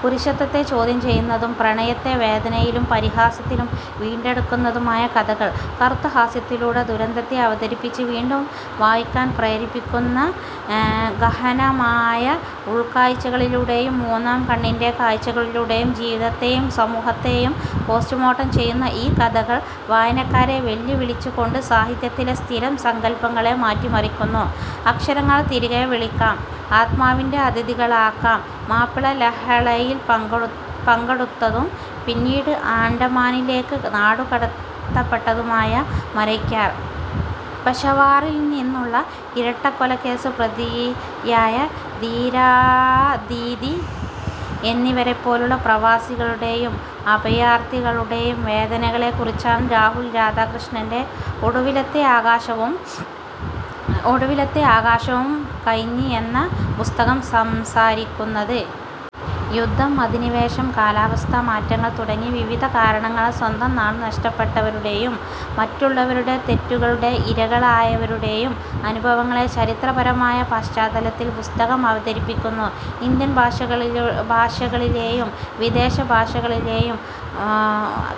പുരുഷത്വത്തെ ചോദ്യം ചെയ്യുന്നതും, പ്രണയത്തെ വേദനയിലും പരിഹാസത്തിലും വീണ്ടെടുക്കുന്നതുമായ കഥകൾ, കറുത്ത ഹാസ്യത്തിലൂടെ ദുരന്തത്തെ അവതരിപ്പിച്ച് വീണ്ടും വായിക്കാൻ പ്രേരിപ്പിക്കുന്നു. ഗഹനമായ ഉൾക്കാഴ്ചകളിലൂടെയും, മൂന്നാം കണ്ണിന്റെ കാഴ്ചകളിലൂടെയും ജീവിതത്തെയും സമൂഹത്തെയും പോസ്റ്റ്മോർട്ടം ചെയ്യുന്ന ഈ കഥകൾ, വായനക്കാരെ വെല്ലുവിളിച്ചുകൊണ്ട് സാഹിത്യത്തിലെ സ്ഥിരം സങ്കൽപ്പങ്ങളെ മാറ്റിമറിക്കുന്നു. അക്ഷരങ്ങളാൽ തിരികെവിളിക്കാം; ആത്മാവിന്റെ അതിഥികളാക്കാം മാപ്പിള ലഹളയിൽ പങ്കെടുത്തതും പിന്നീട് ആൻഡമാനിലേക്ക് നാടുകടത്തപ്പെട്ടതുമായ മരയ്ക്കാർ, പെഷവാറിൽ നിന്നുള്ള ഇരട്ടക്കൊലക്കേസ് പ്രതിയായ ധീരാദീദി എന്നിവരെപ്പോലുള്ള പ്രവാസികളുടെയും അഭയാർഥികളുടെയും വേദനകളെക്കുറിച്ചാണ് രാഹുൽ രാധാകൃഷ്ണന്റെ 'ഒടുവിലത്തെ ആകാശവും കഴിഞ്ഞ്' എന്ന പുസ്തകം സംസാരിക്കുന്നത്. യുദ്ധം, അധിനിവേശം, കാലാവസ്ഥാ മാറ്റങ്ങൾ തുടങ്ങിയ വിവിധ കാരണങ്ങളാൽ സ്വന്തം നാട് നഷ്ടപ്പെട്ടവരുടെയും മറ്റുള്ളവരുടെ തെറ്റുകളുടെ ഇരകളായവരുടെയും അനുഭവങ്ങളെ ചരിത്രപരമായ പശ്ചാത്തലത്തിൽ പുസ്തകം അവതരിപ്പിക്കുന്നു. ഇന്ത്യൻ ഭാഷകളിലെയും വിദേശ ഭാഷകളിലെയും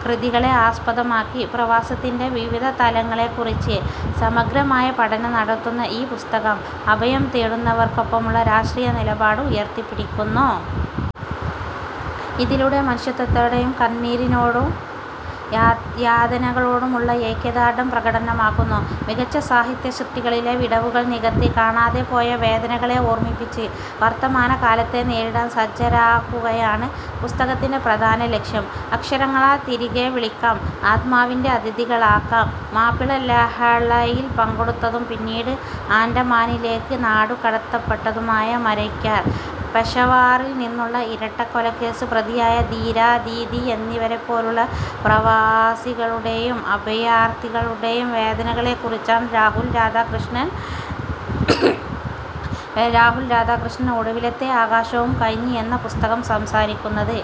കൃതികളെ ആസ്പദമാക്കി, പ്രവാസത്തിന്റെ വിവിധ തലങ്ങളെക്കുറിച്ച് സമഗ്രമായ പഠനം നടത്തുന്ന ഈ പുസ്തകം, അഭയം തേടുന്നവർക്കൊപ്പമുള്ള രാഷ്ട്രീയ നിലപാട് ഉയർത്തിപ്പിടിക്കുന്നു. ഇതിലൂടെ മനുഷ്യത്വത്തോടും കണ്ണീരിനോടും യാതനകളോടുമുള്ള ഐക്യദാർഢ്യം പ്രകടമാക്കുന്നു. മികച്ച സാഹിത്യസൃഷ്ടികളിലെ വിടവുകൾ നികത്തി, കാണാതെപോയ വേദനകളെ ഓർമ്മിപ്പിച്ച്, വർത്തമാനകാലത്തെ നേരിടാൻ സജ്ജരാക്കുകയാണ് പുസ്തകത്തിന്റെ പ്രധാന ലക്ഷ്യം. അക്ഷരങ്ങളാൽ തിരികെവിളിക്കാം; ആത്മാവിന്റെ അതിഥികളാക്കാം മാപ്പിള ലഹളയിൽ പങ്കെടുത്തതും പിന്നീട് ആൻഡമാനിലേക്ക് നാടുകടത്തപ്പെട്ടതുമായ മരയ്ക്കാർ, പെഷവാറിൽ നിന്നുള്ള ഇരട്ടക്കൊലക്കേസ് പ്രതിയായ ധീരാദീദി എന്നിവരെപ്പോലുള്ള പ്രവാസികളുടെയും അഭയാർഥികളുടെയും വേദനകളെക്കുറിച്ചാണ് രാഹുൽ രാധാകൃഷ്ണന്റെ 'ഒടുവിലത്തെ ആകാശവും കഴിഞ്ഞ്' എന്ന പുസ്തകം സംസാരിക്കുന്നത്.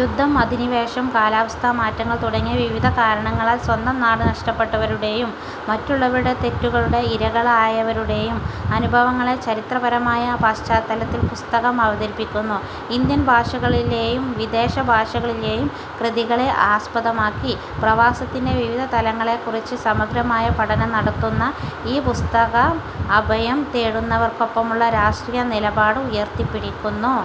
യുദ്ധം, അധിനിവേശം, കാലാവസ്ഥാ മാറ്റങ്ങൾ തുടങ്ങിയ വിവിധ കാരണങ്ങളാൽ സ്വന്തം നാട് നഷ്ടപ്പെട്ടവരുടെയും മറ്റുള്ളവരുടെ തെറ്റുകളുടെ ഇരകളായവരുടെയും അനുഭവങ്ങളെ ചരിത്രപരമായ പശ്ചാത്തലത്തിൽ പുസ്തകം അവതരിപ്പിക്കുന്നു. ഇന്ത്യൻ ഭാഷകളിലെയും വിദേശ ഭാഷകളിലെയും കൃതികളെ ആസ്പദമാക്കി, പ്രവാസത്തിന്റെ വിവിധ തലങ്ങളെക്കുറിച്ച് സമഗ്രമായ പഠനം നടത്തുന്ന ഈ പുസ്തകം, അഭയം തേടുന്നവർക്കൊപ്പമുള്ള രാഷ്ട്രീയ നിലപാട് ഉയർത്തിപ്പിടിക്കുന്നു.